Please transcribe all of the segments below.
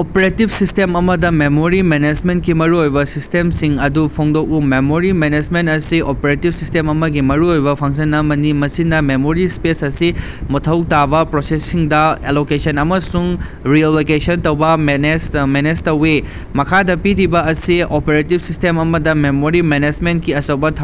Operating system ꯑꯃꯗꯥ memory ꯃꯦꯅꯦꯖꯃꯦꯟꯇꯒꯤ ꯃꯔꯨꯑꯣꯏꯕꯥ ꯁ꯭ꯇꯦꯄꯁꯤꯡ ꯑꯗꯨ ꯐꯣꯡꯗꯣꯛꯎ꯫ ꯃꯦꯃꯣꯔꯤ ꯃꯦꯅꯦꯖꯃꯦꯟꯇ ꯑꯁꯤ ꯑꯣꯄꯔꯦꯇꯤꯞ ꯁꯤꯁ꯭ꯇꯦꯝ ꯑꯃꯒꯤ ꯃꯔꯨꯑꯣꯏꯕꯥ ꯐꯪꯁꯟ ꯑꯃꯅꯤ, ꯃꯁꯤꯅꯥ ꯃꯦꯃꯣꯔꯤ ꯁ꯭ꯄꯦꯁ ꯑꯁꯤ ꯃꯊꯧ ꯇꯥꯕꯥ ꯄ꯭ꯔꯣꯁꯦꯁꯁꯤꯡꯗꯥ ꯑꯦꯂꯣꯀꯦꯁꯟ ꯑꯃꯁꯨꯡ ꯔꯤꯑꯦꯂꯣꯀꯦꯁꯟ ꯇꯧꯕꯥ ꯃꯦꯅꯦꯖ ꯇꯧꯏ꯫ ꯃꯈꯥꯗꯥ ꯄꯤꯔꯤꯕꯥ ꯑꯁꯤ ꯑꯣꯄꯔꯦꯇꯤꯞ ꯁꯤꯁ꯭ꯇꯦꯝ ꯑꯃꯗꯥ ꯃꯦꯃꯣꯔꯤ ꯃꯦꯅꯦꯖꯃꯦꯟꯇꯀꯤ ꯑꯆꯧꯕꯥ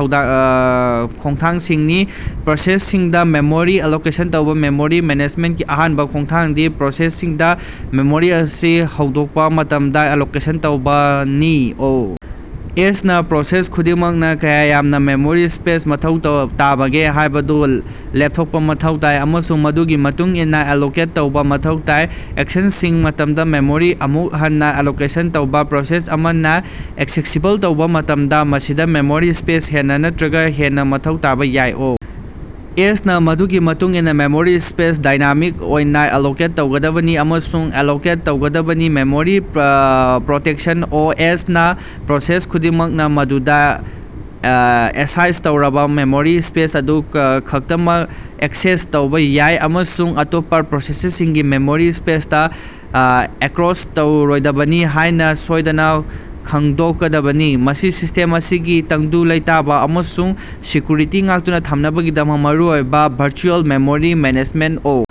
ꯈꯣꯡꯊꯥꯡꯁꯤꯡꯅꯤ: ꯄ꯭ꯔꯣꯁꯦꯁꯁꯤꯡꯗꯥ ꯃꯦꯃꯣꯔꯤ ꯑꯦꯂꯣꯀꯦꯁꯟ ꯇꯧꯕꯥ: ꯃꯦꯃꯣꯔꯤ ꯃꯦꯅꯦꯖꯃꯦꯟꯇꯀꯤ ꯑꯍꯥꯟꯕꯥ ꯈꯣꯡꯊꯥꯡꯗꯤ ꯄ꯭ꯔꯣꯁꯦꯁꯁꯤꯡꯗꯥ ꯃꯦꯃꯣꯔꯤ ꯑꯁꯤ ꯍꯧꯗꯣꯛꯄꯥ ꯃꯇꯝꯗꯥ ꯑꯦꯂꯣꯀꯦꯁꯟ ꯇꯧꯕꯅꯤ꯫ ꯑꯣ. ꯑꯦꯁ. ꯅꯥ ꯄ꯭ꯔꯣꯁꯦꯁ ꯈꯨꯗꯤꯡꯃꯛꯅꯥ ꯀꯌꯥ ꯌꯥꯝꯅꯥ ꯃꯦꯃꯣꯔꯤ ꯁ꯭ꯄꯦꯁ ꯃꯊꯧ ꯇꯥꯕꯒꯦ ꯍꯥꯏꯕꯗꯨ ꯂꯦꯞꯊꯣꯛꯄꯥ ꯃꯊꯧ ꯇꯥꯏ ꯑꯃꯁꯨꯡ ꯃꯗꯨꯒꯤ ꯃꯇꯨꯡ ꯏꯟꯅꯥ ꯑꯦꯂꯣꯀꯦꯠ ꯇꯧꯕꯥ ꯃꯊꯧ ꯇꯥꯏ꯫ ꯑꯦꯛꯁꯦꯁꯤꯡ ꯃꯇꯝꯗꯥ ꯃꯦꯃꯣꯔꯤ ꯑꯃꯨꯛ ꯍꯟꯅꯥ ꯑꯦꯂꯣꯀꯦꯁꯟ ꯇꯧꯕꯥ: ꯄ꯭ꯔꯣꯁꯦꯁ ꯑꯃꯅꯥ ꯑꯦꯛꯁꯦꯁꯤꯕꯜ ꯇꯧꯕꯥ ꯃꯇꯝꯗꯥ, ꯃꯁꯤꯗꯥ ꯃꯦꯃꯣꯔꯤ ꯁ꯭ꯄꯦꯁ ꯍꯦꯟꯅꯥ ꯅꯠꯇꯔꯒꯥ ꯍꯦꯟꯅꯥ ꯃꯊꯧ ꯇꯥꯕꯥ ꯌꯥꯏ꯫ ꯑꯣ. ꯑꯦꯁ. ꯅꯥ ꯃꯗꯨꯒꯤ ꯃꯇꯨꯡ ꯏꯟꯅꯥ ꯃꯦꯃꯣꯔꯤ ꯁ꯭ꯄꯦꯁ ꯗꯥꯏꯅꯥꯃꯤꯛ ꯑꯣꯏꯅꯥ ꯑꯦꯂꯣꯀꯦꯠ ꯇꯧꯒꯗꯕꯅꯤ ꯑꯃꯁꯨꯡ ꯗꯤꯑꯦꯂꯣꯀꯦꯠ ꯇꯧꯒꯗꯕꯅꯤ꯫ ꯃꯦꯃꯣꯔꯤ ꯄ꯭ꯔꯣꯇꯦꯛꯁꯟ: ꯑꯣ. ꯑꯦꯁ. ꯅꯥ ꯄ꯭ꯔꯣꯁꯦꯁ ꯈꯨꯗꯤꯡꯃꯛꯅꯥ ꯃꯗꯨꯗꯥ ꯑꯦꯁꯥꯏꯟ ꯇꯧꯔꯕꯥ ꯃꯦꯃꯣꯔꯤ ꯁ꯭ꯄꯦꯁ ꯑꯗꯨ ꯈꯛꯇꯃꯛ ꯑꯦꯛꯁꯦꯁ ꯇꯧꯕꯥ ꯌꯥꯏ ꯑꯃꯁꯨꯡ ꯑꯇꯣꯞꯄꯥ ꯄ꯭ꯔꯣꯁꯦꯁꯁꯤꯡꯒꯤ ꯃꯦꯃꯣꯔꯤ ꯁ꯭ꯄꯦꯁꯇꯥ ꯑꯦꯛꯀꯔꯣꯁ ꯇꯧꯔꯣꯏꯗꯕꯅꯤ ꯍꯥꯏꯕꯥ ꯁꯣꯏꯗꯅꯥ ꯈꯪꯗꯣꯛꯀꯗꯕꯅꯤ꯫ ꯃꯁꯤ ꯁꯤꯁ꯭ꯇꯦꯝ ꯑꯁꯤꯒꯤ ꯇꯪꯗꯨ ꯂꯩꯇꯥꯕꯥ ꯑꯃꯁꯨꯡ ꯁꯦꯛꯌꯨꯔꯤꯇꯤ ꯉꯥꯛꯇꯨꯅꯥ ꯊꯝꯅꯕꯒꯤꯗꯃꯛ ꯃꯔꯨꯑꯣꯏ꯫ Virtual memory management: O.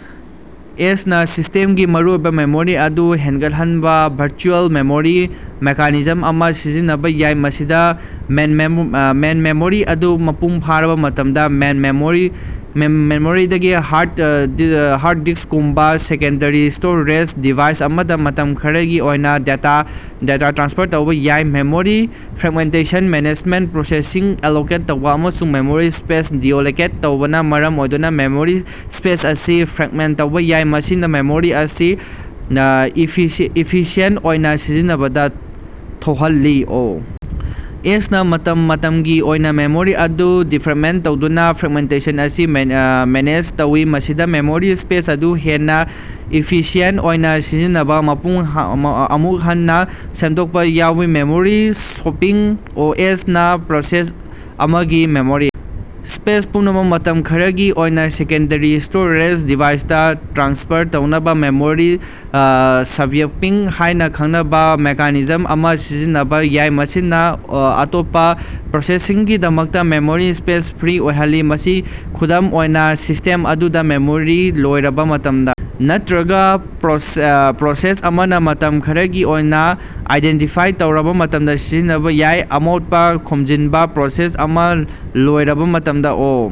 S. ꯅꯥ ꯁꯤꯁ꯭ꯇꯦꯝꯒꯤ ꯃꯔꯨꯑꯣꯏꯕꯥ ꯃꯦꯃꯣꯔꯤ ꯑꯗꯨ ꯍꯦꯟꯒꯠꯍꯟꯅꯕꯥ ꯚꯔꯆꯨꯑꯦꯜ ꯃꯦꯃꯣꯔꯤ ꯃꯦꯀꯥꯅꯤꯖꯝ ꯑꯃꯥ ꯁꯤꯖꯤꯟꯅꯕꯥ ꯌꯥꯏ꯫ ꯃꯁꯤꯗꯥ ꯃꯦꯟ ꯃꯦꯃꯣꯔꯤ ꯑꯗꯨ ꯃꯄꯨꯡ ꯐꯥꯔꯕꯥ ꯃꯇꯝꯗꯥ ꯃꯦꯟ ꯃꯦꯃꯣꯔꯤꯗꯒꯤ ꯍꯥꯔꯗ ꯗꯤꯁ꯭ꯀꯒꯨꯝꯕꯥ ꯁꯦꯀꯦꯟꯗꯔꯤ ꯁ꯭ꯇꯣꯔꯦꯖ ꯗꯤꯚꯥꯏꯁ ꯑꯃꯗꯥ ꯃꯇꯝ ꯈꯔꯒꯤ ꯑꯣꯏꯅꯥ ꯗꯦꯇꯥ ꯇ꯭ꯔꯥꯟꯁꯐꯔ ꯇꯧꯕꯥ ꯌꯥꯎꯏ꯫ ꯃꯦꯃꯣꯔꯤ ꯐ꯭ꯔꯒꯃꯦꯟꯇꯦꯁꯟ ꯃꯦꯅꯦꯖꯃꯦꯟꯇ: ꯄ꯭ꯔꯣꯁꯦꯁꯁꯤꯡ ꯑꯦꯂꯣꯀꯦꯠ ꯇꯧꯕꯥ ꯑꯃꯁꯨꯡ ꯃꯦꯃꯣꯔꯤ ꯁ꯭ꯄꯦꯁ ꯗꯤꯑꯦꯂꯣꯀꯦꯠ ꯇꯧꯕꯅꯥ ꯃꯔꯝ ꯑꯣꯏꯗꯨꯅꯥ ꯃꯦꯃꯣꯔꯤ ꯁ꯭ꯄꯦꯁ ꯑꯁꯤ ꯐ꯭ꯔꯒꯃꯦꯟꯇ ꯇꯧꯕꯥ ꯌꯥꯏ, ꯃꯁꯤꯅꯥ ꯃꯦꯃꯣꯔꯤ ꯑꯁꯤ ꯏꯐꯤꯁꯤꯑꯦꯟꯇ ꯑꯣꯏꯅꯥ ꯁꯤꯖꯤꯟꯅꯕꯗꯥ ꯊꯣꯍꯜꯂꯤ꯫ ꯑꯣ. ꯑꯦꯁ. ꯅꯥ ꯃꯇꯝ ꯃꯇꯝꯒꯤ ꯑꯣꯏꯅꯥ ꯃꯦꯃꯣꯔꯤ ꯑꯗꯨ ꯗꯤꯐ꯭ꯔꯦꯒꯃꯦꯟꯇ ꯇꯧꯗꯨꯅꯥ ꯐ꯭ꯔꯒꯃꯦꯟꯇꯦꯁꯟ ꯑꯁꯤ ꯃꯦꯅꯦꯖ ꯇꯧꯏ, ꯃꯁꯤꯗꯥ ꯃꯦꯃꯣꯔꯤ ꯁ꯭ꯄꯦꯁ ꯑꯗꯨ ꯍꯦꯟꯅꯥ ꯏꯐꯤꯁꯤꯑꯦꯟꯇ ꯑꯣꯏꯅꯥ ꯁꯤꯖꯤꯟꯅꯅꯕꯥ ꯑꯃꯨꯛ ꯍꯟꯅꯥ ꯁꯦꯝꯗꯣꯛꯄꯥ ꯌꯥꯎꯏ꯫ ꯃꯦꯃꯣꯔꯤ ꯁꯣꯄꯤꯡ: ꯑꯣ. ꯑꯦꯁ. ꯅꯥ ꯄ꯭ꯔꯣꯁꯦꯁ ꯑꯃꯒꯤ ꯃꯦꯃꯣꯔꯤ ꯁ꯭ꯄꯦꯁ ꯄꯨꯝꯅꯃꯛ ꯃꯇꯝ ꯈꯔꯒꯤ ꯑꯣꯏꯅꯥ ꯁꯦꯀꯦꯟꯗꯔꯤ ꯁ꯭ꯇꯣꯔꯦꯖ ꯗꯤꯚꯥꯏꯁꯇꯥ ꯇ꯭ꯔꯥꯟꯁꯐꯔ ꯇꯧꯅꯕꯥ ꯃꯦꯃꯣꯔꯤ ꯁ꯭ꯕ꯭ꯌꯥꯄꯤꯡ ꯍꯥꯏꯅꯥ ꯈꯪꯅꯕꯥ ꯃꯦꯀꯥꯅꯤꯖꯝ ꯑꯃꯥ ꯁꯤꯖꯤꯟꯅꯕꯥ ꯌꯥꯏ, ꯃꯁꯤꯅꯥ ꯑꯇꯣꯞꯄꯥ ꯄ꯭ꯔꯣꯁꯦꯁꯁꯤꯡꯒꯤꯗꯃꯛꯇꯥ ꯃꯦꯃꯣꯔꯤ ꯁ꯭ꯄꯦꯁ ꯐ꯭ꯔꯤ ꯑꯣꯏꯍꯜꯂꯤ꯫ ꯃꯁꯤ ꯈꯨꯗꯝ ꯑꯣꯏꯅꯥ, ꯁꯤꯁ꯭ꯇꯦꯝ ꯑꯗꯨꯗꯥ ꯃꯦꯃꯣꯔꯤ ꯂꯣꯏꯔꯕꯥ ꯃꯇꯝꯗꯥ ꯅꯠꯇꯔꯒꯥ ꯄ꯭ꯔꯣꯁꯦꯁ ꯑꯃꯅꯥ ꯃꯇꯝ ꯈꯔꯒꯤ ꯑꯣꯏꯅꯥ ꯑꯥꯏꯗꯦꯟꯇꯤꯐꯥꯏ ꯇꯧꯔꯕꯥ ꯃꯇꯝꯗꯥ ꯁꯤꯖꯤꯟꯅꯕꯥ ꯌꯥꯏ꯫ ꯑꯃꯣꯠꯄꯥ ꯈꯣꯝꯖꯤꯅꯕꯥ: ꯄ꯭ꯔꯣꯁꯦꯁ ꯑꯃꯥ ꯂꯣꯏꯔꯕꯥ ꯃꯇꯝꯗꯥ ꯑꯣ꯫